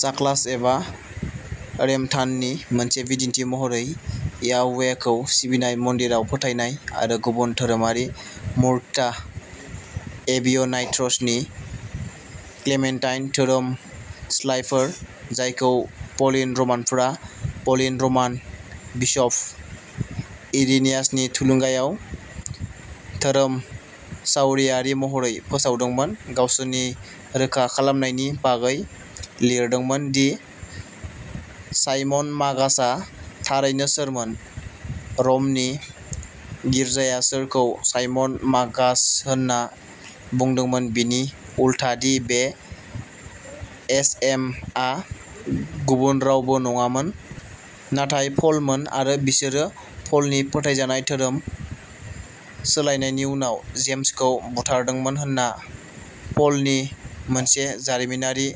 साक्लास एबा रेमथाननि मोनसे दिन्थि महरै याहवेखौ सिबिनाय, मन्दिराव फोथायनाय आरो गुबुन धोरोमारि मूर्खता एबिय'नाइट्सनि क्लेमेन्टाइन धोरोमस्लायफोर, जायखौ प'लिन रमानफोरा प'लिन रमान बिसप इरिनियासनि थुलुंगायाव "धोरोमसावरियारि" महरै फोसावदोंमोन, गावसोरनि रोखा खालामनायनि बागै लिरदोंमोन दि साइमन मागासआ थारैनो सोरमोन, रमनि गिर्जाया सोरखौ साइमन मागास होनना बुंदोंमोन बिनि उलथा दि बे एस एम आ गुबुन रावबो नङामोन नाथाय प'लमोन आरो बिसोरो प'लनि फोथायजानाय धोरोम सोलायनायनि उनाव जेम्सखौ बुथारदोंमोन होनना प'लनि मोनसे जारिमिनारि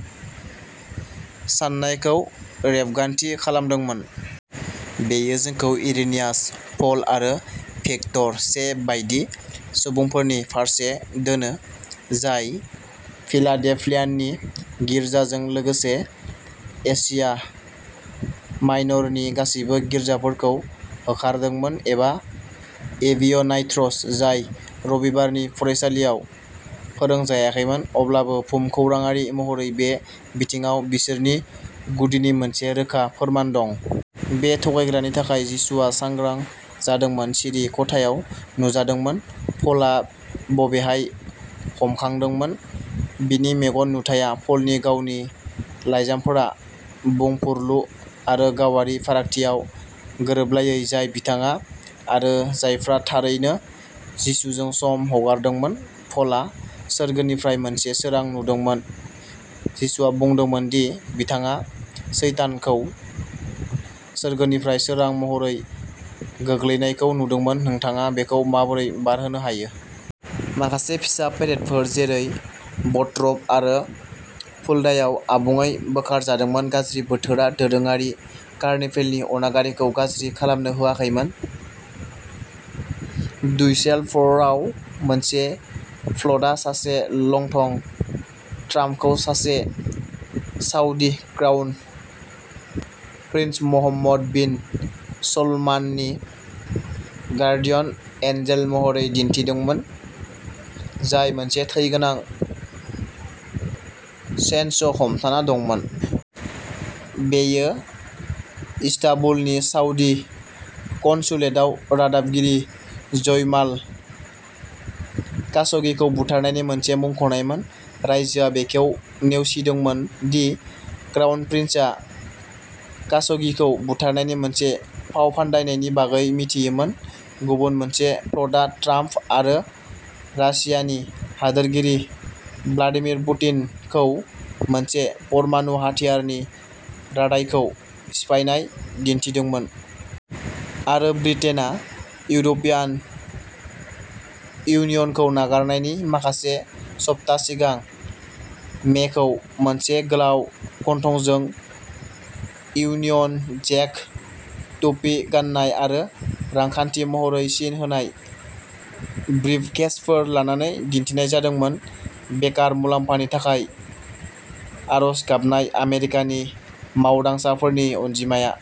साननायखौ रेबगान्थि खालामदोंमोन। बेयो जोंखौ इरिनियास, प'ल आरो भिक्टर से बायदि सुबुंफोरनि फारसे दोनो, जाय फिलाडेल्फियानि गिर्जाजों लोगोसे एशिया माइनरनि गासिबो गिर्जाफोरखौ होखारदोंमोन एबा एबिय'नाइट्स जाय रबिबारनि फरायसालियाव फोरोंजायाखैमोन, अब्लाबो भुमखौराङारि महरै बे बिथिङाव बिसोरनि गुदिनि मोनसे रोखा फोरमान दं। बे थगायग्रानि थाखाय, जिसुआ सांग्रां जादोंमोन, सिरि खथायाव नुजादोंमोन, प'लआ बबेहाय हामखांदोंमोन? बिनि मेगन नुथाइया पलनि गावनि लाइजामफोरा बुंफुरलु आरो गावारि फारागथियाव गोरोबलायै, जाय बिथाङा आरो जायफ्रा थारैनो जिसुजों सम हगारदोंमोन। पलआ सोरगोनिफ्राय मोनसे सोरां नुदोंमोन, जिसुआ बुंदोंमोन दि बिथाङा सैतानखौ सोरगोनिफ्राय सोरां महरै गोग्लैनायखौ नुदोंमोन, नोंथाङा बेखौ माबोरै बारहोनो हायो? माखासे फिसा पेरेडफोर, जेरै बट्रप आरो फुल्डायाव आबुङै बोखारजादोंमोन। गाज्रि बोथोरा दोरोङारि कार्निभेलनि अनागारिखौ गाज्रि खालामनो होआखैमोन। डुसेलडर्फआव, मोनसे फ्ल'टआ सासे लंथं ट्राम्पखौ सासे Saudi crown prince Mohammed bin सलमाननि गार्डियन एन्जेल महरै दिन्थिदोंमोन, जाय मोनसे थै गोनां चेनस'हमथाना दंमोन। बेयो इस्तानबुलनि साउदी कन्सुलेटआव रादाबगिरि जमाल खाशोगिखौ बुथारनायनि मोनसे मुंख'नायमोन। रायजोआ बेखौ नेवसिदोंमोन दि क्राउन प्रिन्सआ खाशोगिखौ बुथारनायनि मोनसे फावफान्दायनायनि बागै मिथियोमोन। गुबुन मोनसे फ्ल'टआ ट्राम्प आरो रासियानि हादोरगिरि भ्लादिमिर पुतिनखौ मोनसे परमाणु हाथियारनि रादाइखौ सिफायनाय दिन्थिदोंमोन। आरो ब्रिटेनआ इउर'पियान इउनियनखौ नागारनायनि माखासे सप्ता सिगां मेखौ मोनसे गोलाव गन्थंजों इउनियन जेक टुपि गान्नाय आरो "रांखान्थि" महरै सिन होनाय ब्रिफकेसफोर लानानै दिन्थिनाय जादोंमोन। बेकार मुलाम्फानि थाखाय आर'ज गाबनाय आमेरिकानि मावदांसाफोरनि अनजिमाया।